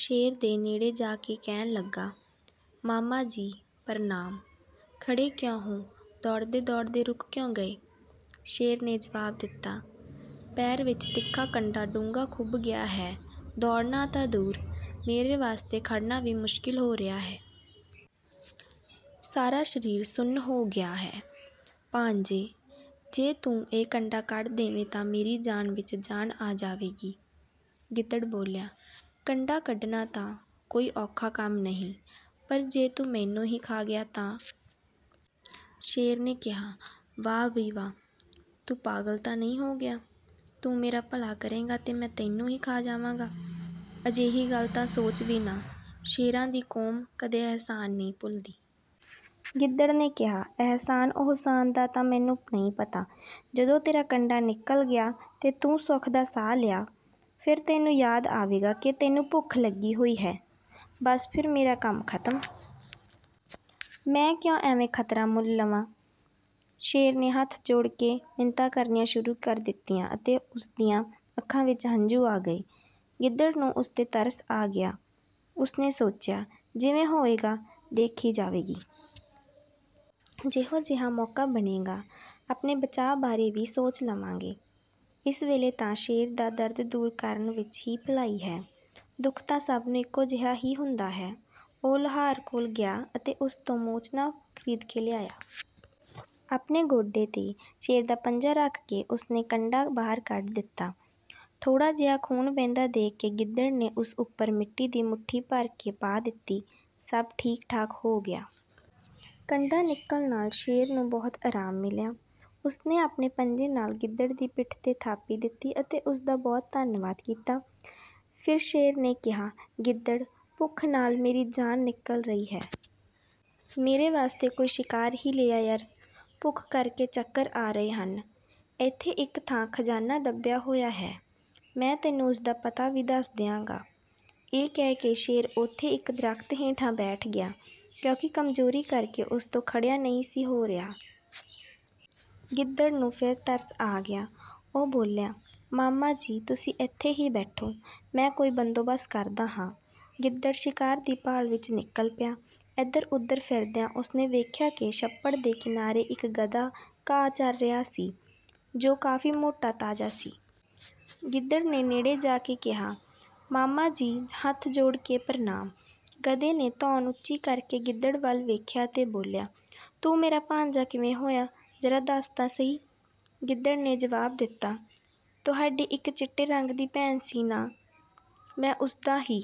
ਸ਼ੇਰ ਦੇ ਨੇੜੇ ਜਾ ਕੇ ਕਹਿਣ ਲੱਗਾ, "ਮਾਮਾ ਜੀ, ਪ੍ਰਣਾਮ! ਖੜ੍ਹੇ ਕਿਉਂ ਹੋ? ਦੌੜਦੇ-ਦੌੜਦੇ ਰੁਕ ਕਿਉਂ ਗਏ?" ਸ਼ੇਰ ਨੇ ਜਵਾਬ ਦਿੱਤਾ, "ਪੈਰ ਵਿੱਚ ਤਿੱਖਾ ਕੰਡਾ ਡੂੰਘਾ ਖੁੱਭ ਗਿਆ ਹੈ। ਦੌੜਨਾ ਤਾਂ ਦੂਰ, ਮੇਰੇ ਵਾਸਤੇ ਖੜ੍ਹਨਾ ਵੀ ਮੁਸ਼ਕਿਲ ਹੋ ਰਿਹਾ ਹੈ। ਸਾਰਾ ਸਰੀਰ ਸੁੰਨ ਹੋ ਗਿਆ ਹੈ। ਭਾਣਜੇ, ਜੇ ਤੂੰ ਇਹ ਕੰਡਾ ਕੱਢ ਦੇਵੇਂ ਤਾਂ ਮੇਰੀ ਜਾਨ ਵਿੱਚ ਜਾਨ ਆ ਜਾਵੇਗੀ।" ਗਿੱਦੜ ਬੋਲਿਆ, "ਕੰਡਾ ਕੱਢਣਾ ਤਾਂ ਕੋਈ ਔਖਾ ਕੰਮ ਨਹੀਂ, ਪਰ ਜੇ ਤੂੰ ਮੈਨੂੰ ਹੀ ਖਾ ਗਿਆ ਤਾਂ?" ਸ਼ੇਰ ਨੇ ਕਿਹਾ, "ਵਾਹ ਬਈ ਵਾਹ! ਤੂੰ ਪਾਗਲ ਤਾਂ ਨਹੀਂ ਹੋ ਗਿਆ? ਤੂੰ ਮੇਰਾ ਭਲਾ ਕਰੇਂਗਾ ਤੇ ਮੈਂ ਤੈਨੂੰ ਹੀ ਖਾ ਜਾਵਾਂਗਾ? ਅਜਿਹੀ ਗੱਲ ਤਾਂ ਸੋਚ ਵੀ ਨਾ। ਸ਼ੇਰਾਂ ਦੀ ਕੌਮ ਕਦੇ ਅਹਿਸਾਨ ਨਹੀਂ ਭੁੱਲਦੀ।" ਗਿੱਦੜ ਨੇ ਕਿਹਾ, "ਅਹਿਸਾਨ-ਉਹਸਾਨ ਦਾ ਤਾਂ ਮੈਨੂੰ ਨਹੀਂ ਪਤਾ। ਜਦੋਂ ਤੇਰਾ ਕੰਡਾ ਨਿਕਲ ਗਿਆ ਤੇ ਤੂੰ ਸੁੱਖ ਦਾ ਸਾਹ ਲਿਆ, ਫਿਰ ਤੈਨੂੰ ਯਾਦ ਆਵੇਗਾ ਕਿ ਤੈਨੂੰ ਭੁੱਖ ਲੱਗੀ ਹੋਈ ਹੈ। ਬੱਸ ਫਿਰ ਮੇਰਾ ਕੰਮ ਖ਼ਤਮ! ਮੈਂ ਕਿਉਂ ਐਵੇਂ ਖ਼ਤਰਾ ਮੁੱਲ ਲਵਾਂ?" ਸ਼ੇਰ ਨੇ ਹੱਥ ਜੋੜ ਕੇ ਮਿੰਨਤਾਂ ਕਰਨੀਆਂ ਸ਼ੁਰੂ ਕਰ ਦਿੱਤੀਆਂ ਅਤੇ ਉਸ ਦੀਆਂ ਅੱਖਾਂ ਵਿੱਚ ਹੰਝੂ ਆ ਗਏ। ਗਿੱਦੜ ਨੂੰ ਉਸ 'ਤੇ ਤਰਸ ਆ ਗਿਆ। ਉਸ ਨੇ ਸੋਚਿਆ, 'ਜਿਵੇਂ ਹੋਵੇਗਾ ਦੇਖੀ ਜਾਵੇਗੀ। ਜਿਹੋ ਜਿਹਾ ਮੌਕਾ ਬਣੇਗਾ, ਆਪਣੇ ਬਚਾਅ ਬਾਰੇ ਵੀ ਸੋਚ ਲਵਾਂਗੇ। ਇਸ ਵੇਲੇ ਤਾਂ ਸ਼ੇਰ ਦਾ ਦਰਦ ਦੂਰ ਕਰਨ ਵਿੱਚ ਹੀ ਭਲਾਈ ਹੈ, ਦੁੱਖ ਤਾਂ ਸਭ ਨੂੰ ਇੱਕੋ ਜਿਹਾ ਹੀ ਹੁੰਦਾ ਹੈ।' ਉਹ ਲੁਹਾਰ ਕੋਲ ਗਿਆ ਅਤੇ ਉਸ ਤੋਂ ਮੋਚਨਾ ਖ਼ਰੀਦ ਕੇ ਲਿਆਇਆ। ਆਪਣੇ ਗੋਡੇ 'ਤੇ ਸ਼ੇਰ ਦਾ ਪੰਜਾ ਰੱਖ ਕੇ ਉਸ ਨੇ ਕੰਡਾ ਬਾਹਰ ਕੱਢ ਦਿੱਤਾ। ਥੋੜ੍ਹਾ ਜਿਹਾ ਖ਼ੂਨ ਵਹਿੰਦਾ ਦੇਖ ਕੇ ਗਿੱਦੜ ਨੇ ਉਸ ਉੱਪਰ ਮਿੱਟੀ ਦੀ ਮੁੱਠੀ ਭਰ ਕੇ ਪਾ ਦਿੱਤੀ। ਸਭ ਠੀਕ-ਠਾਕ ਹੋ ਗਿਆ। ਕੰਡਾ ਨਿਕਲਣ ਨਾਲ ਸ਼ੇਰ ਨੂੰ ਬਹੁਤ ਆਰਾਮ ਮਿਲਿਆ। ਉਸ ਨੇ ਆਪਣੇ ਪੰਜੇ ਨਾਲ ਗਿੱਦੜ ਦੀ ਪਿੱਠ 'ਤੇ ਥਾਪੀ ਦਿੱਤੀ ਅਤੇ ਉਸ ਦਾ ਬਹੁਤ ਧੰਨਵਾਦ ਕੀਤਾ। ਫਿਰ ਸ਼ੇਰ ਨੇ ਕਿਹਾ, "ਗਿੱਦੜ, ਭੁੱਖ ਨਾਲ ਮੇਰੀ ਜਾਨ ਨਿਕਲ ਰਹੀ ਹੈ। ਮੇਰੇ ਵਾਸਤੇ ਕੋਈ ਸ਼ਿਕਾਰ ਹੀ ਲੈ ਆ ਯਾਰ, ਭੁੱਖ ਕਰਕੇ ਚੱਕਰ ਆ ਰਹੇ ਹਨ। ਇੱਥੇ ਇੱਕ ਥਾਂ ਖ਼ਜ਼ਾਨਾ ਦੱਬਿਆ ਹੋਇਆ ਹੈ, ਮੈਂ ਤੈਨੂੰ ਉਸ ਦਾ ਪਤਾ ਵੀ ਦੱਸ ਦਿਆਂਗਾ।" ਇਹ ਕਹਿ ਕੇ ਸ਼ੇਰ ਉੱਥੇ ਇੱਕ ਦਰੱਖਤ ਹੇਠਾਂ ਬੈਠ ਗਿਆ, ਕਿਉਂਕਿ ਕਮਜ਼ੋਰੀ ਕਰਕੇ ਉਸ ਤੋਂ ਖੜ੍ਹਿਆ ਨਹੀਂ ਸੀ ਹੋ ਰਿਹਾ। ਗਿੱਦੜ ਨੂੰ ਫਿਰ ਤਰਸ ਆ ਗਿਆ, ਉਹ ਬੋਲਿਆ, "ਮਾਮਾ ਜੀ, ਤੁਸੀਂ ਇੱਥੇ ਹੀ ਬੈਠੋ, ਮੈਂ ਕੋਈ ਬੰਦੋਬਸਤ ਕਰਦਾ ਹਾਂ।" ਗਿੱਦੜ ਸ਼ਿਕਾਰ ਦੀ ਭਾਲ ਵਿੱਚ ਨਿਕਲ ਪਿਆ। ਇੱਧਰ-ਉੱਧਰ ਫਿਰਦਿਆਂ ਉਸ ਨੇ ਵੇਖਿਆ ਕਿ ਛੱਪੜ ਦੇ ਕਿਨਾਰੇ ਇੱਕ ਗਧਾ ਘਾਹ ਚਰ ਰਿਹਾ ਸੀ, ਜੋ ਕਾਫ਼ੀ ਮੋਟਾ-ਤਾਜ਼ਾ ਸੀ। ਗਿੱਦੜ ਨੇ ਨੇੜੇ ਜਾ ਕੇ ਕਿਹਾ, "ਮਾਮਾ ਜੀ, ਹੱਥ ਜੋੜ ਕੇ ਪ੍ਰਣਾਮ।" ਗਧੇ ਨੇ ਧੌਣ ਉੱਚੀ ਕਰਕੇ ਗਿੱਦੜ ਵੱਲ ਵੇਖਿਆ ਅਤੇ ਬੋਲਿਆ, "ਤੂੰ ਮੇਰਾ ਭਾਣਜਾ ਕਿਵੇਂ ਹੋਇਆ? ਜਰਾ ਦੱਸ ਤਾਂ ਸਹੀ?" ਗਿੱਦੜ ਨੇ ਜਵਾਬ ਦਿੱਤਾ, "ਤੁਹਾਡੀ ਇੱਕ ਚਿੱਟੇ ਰੰਗ ਦੀ ਭੈਣ ਸੀ ਨਾ? ਮੈਂ ਉਸ ਦਾ ਹੀ..."